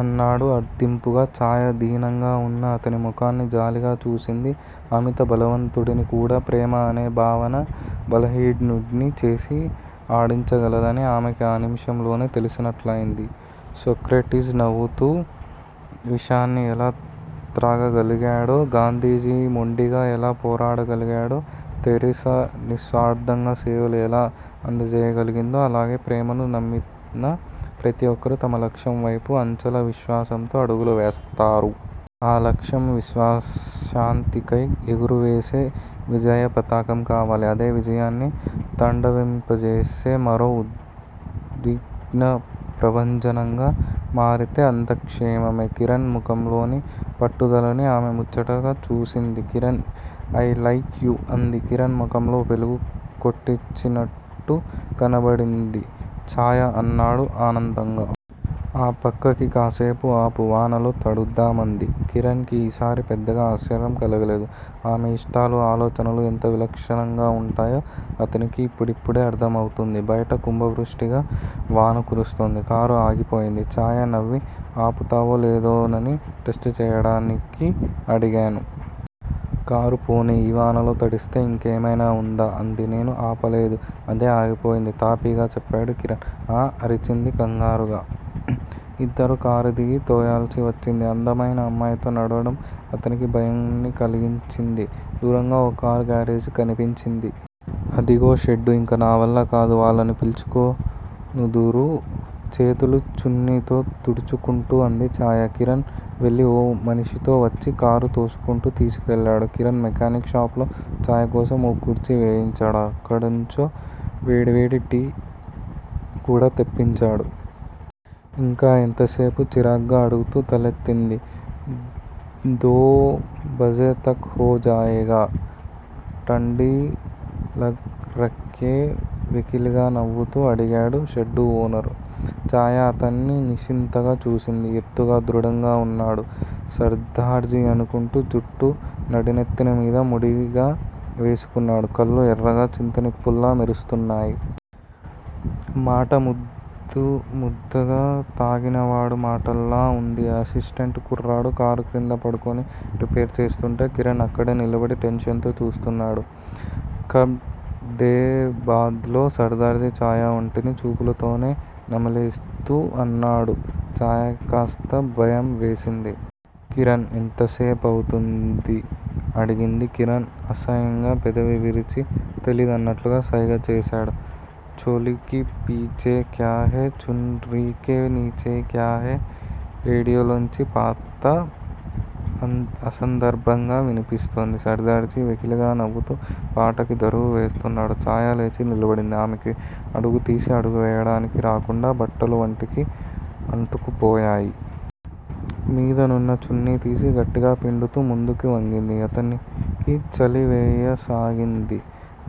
అన్నాడు అర్దింపుగా. చాయ దీనంగా వున్న అతని ముఖాన్ని జాలిగా చూసింది. అమిత బలవంతుడిని కూడా ప్రేమ అనే భావన బలహీనుడ్ని చేసి ఆడించగలదని ఆమెకి ఆ నిముషంలోనే తెలిసినట్లయింది. సోక్రటీస్ నవ్వుతూ విషాన్ని ఎలా త్రాగగలిగాడో? గాంధీజీ మొండిగా ఎలా పోరాడగలిగాడో? థెరిసా నిస్వార్ధంగా సేవలు ఎలా అందజేయగలిగిందో అలాగే ప్రేమను నమ్మిన ప్రతి ఒక్కరూ తమ లక్ష్యం వైపు అంచెల విశ్వాసంతో అడుగులు వేస్తారు. ఆ లక్ష్యం విశ్వశాంతికై ఎగురవేసే విజయపతాకం కావాలి. అదే విజయాన్ని తాండవింపజేసే మరో ఉద్విగ్నప్రభంజనంగా మారితే అంతా క్షేమమే. కిరణ్ ముఖంలోని పట్టుదలని ఆమె ముచ్చటగా చూసింది. కిరణ్ ఐ లైక్ యూ అంది. కిరణ్ ముఖంలో వెలుగు కొట్టొచ్చినట్టు కనబడింది. చాయా అన్నాడు ఆనందంగా. ఆ పక్కకి కాసేపు ఆపు, వానలో తడుద్దాం అంది. కిరణ్ కి ఈసారి పెద్దగా ఆశ్చర్యం కలగలేదు. ఆమె ఇష్టాలూ, ఆలోచనలూ ఎంత విలక్షణంగా వుంటాయో అతనికి ఇప్పుడిప్పుడే అర్ధం అవుతోంది. బయట కుంభవృష్టిగా వాన కురుస్తోంది. కారు ఆగిపోయింది. చాయ నవ్వి- ఆపుతావో లేదోనని టెస్టు చేయడానికి అడిగాను. కారు పోనీ! ఈ వానలో తడిస్తే ఇంకేమైనా వుందా? అంది. నేను ఆపలేదు. అదే ఆగిపోయింది తాపీగా చెప్పాడు కిరణ్. ఆ! అరిచింది కంగారుగా. ఇద్దరూ కారు దిగి తొయ్యాల్సి వచ్చింది. అందమైన అమ్మాయితో నడవడం అతనికి భయాన్నే కలిగించింది. దూరంగా ఓ కారు గ్యారేజీ కనిపించింది. అదిగో షెడ్డు ఇంక నావల్లకాదు! వాళ్ళని పిలుచుకో నుదురు, చేతులు చున్నీతో తుడుచుకుంటూ అంది చాయ. కిరణ్ వెళ్ళి ఓ మనిషితో వచ్చి కారు తోసుకుంటూ తీసుకెళ్ళాడు. కిరణ్ మెకానిక్ షాపులో చాయ కోసం ఓ కుర్చీ వేయించాడు. ఎక్కడ్నుంచో వేడివేడి టీ కూడా తెప్పించాడు. ఇంకా ఎంతసేపు? చిరాగ్గా అడుగుతూ తలెత్తింది. దో బజే తక్ హో జాయేగా! ఠండీ లగ్ రేక్యా వెకిలిగా నవ్వుతూ అడిగాడు షెడ్డు ఓనరు. చాయ అతన్ని నిశితంగా చూసింది. ఎత్తుగా, దృఢంగా వున్నాడు సర్దార్జీ అనుకుంటా! జుట్టు నడినెత్తిమీద ముడిగా వేసుకున్నాడు. కళ్ళు ఎర్రగా చింతనిప్పుల్లా మెరుస్తున్నాయి. మాట ముద్ద ముద్దగా తాగినవాడి మాటలా వుంది. అసిస్టెంట్ కుర్రాడు కారు క్రింద పడుకుని రిపేర్ చేస్తుంటే కిరణ్ అక్కడే నిలబడి టెన్షన్ తో చూస్తున్నాడు. కప్ డే బద్ లో సర్దార్జీ చాయ ఒంటిని చూపులతోనే నమిలేస్తూ అన్నాడు. చాయకి కాస్త భయం వేసింది. కిరణ్! ఎంత సేపవుతుంది? అడిగింది. కిరణ్ అసహ్యంగా పెదవి విరిచి తెలీదన్నట్లు సైగ చేశాడు. చోలీకే పీచే క్యాహై చున్ రీకే నీఛే క్యాహై రేడియోలోంచి పాత అసందర్భంగా వినిపిస్తోంది. సర్దార్జీ వెకిలిగా నవ్వుతూ పాటకి దరువు వేస్తున్నాడు. చాయ లేచి నిలబడింది. ఆమెకి అడుగు తీసి అడుగు వేయడానికి రాకుండా బట్టలు వంటికి అంటుకుపోయాయి. మీదనున్న చున్నీ తీసి గట్టిగా పిండుతూ ముందుకి వంగింది. అతనికి చలి వేయసాగింది.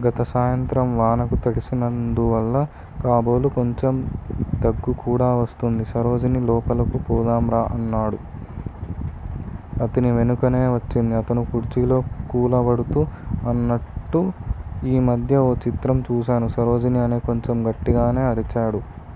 గత సాయంత్రం వానకు తడిసినందువల్ల కాబోలు కొంచెం దగ్గుకూడా వస్తోంది. సరోజినీ లోపలకు పోదాం రా అన్నాడు. అతని వెనుకనే వచ్చింది. అతను కుర్చీలో కూలబడుతూ అన్నట్టు యీ మధ్య ఓ చిత్రం చూశాను సరోజినీ అని కొంచెం గట్టిగానే అరిచాడు.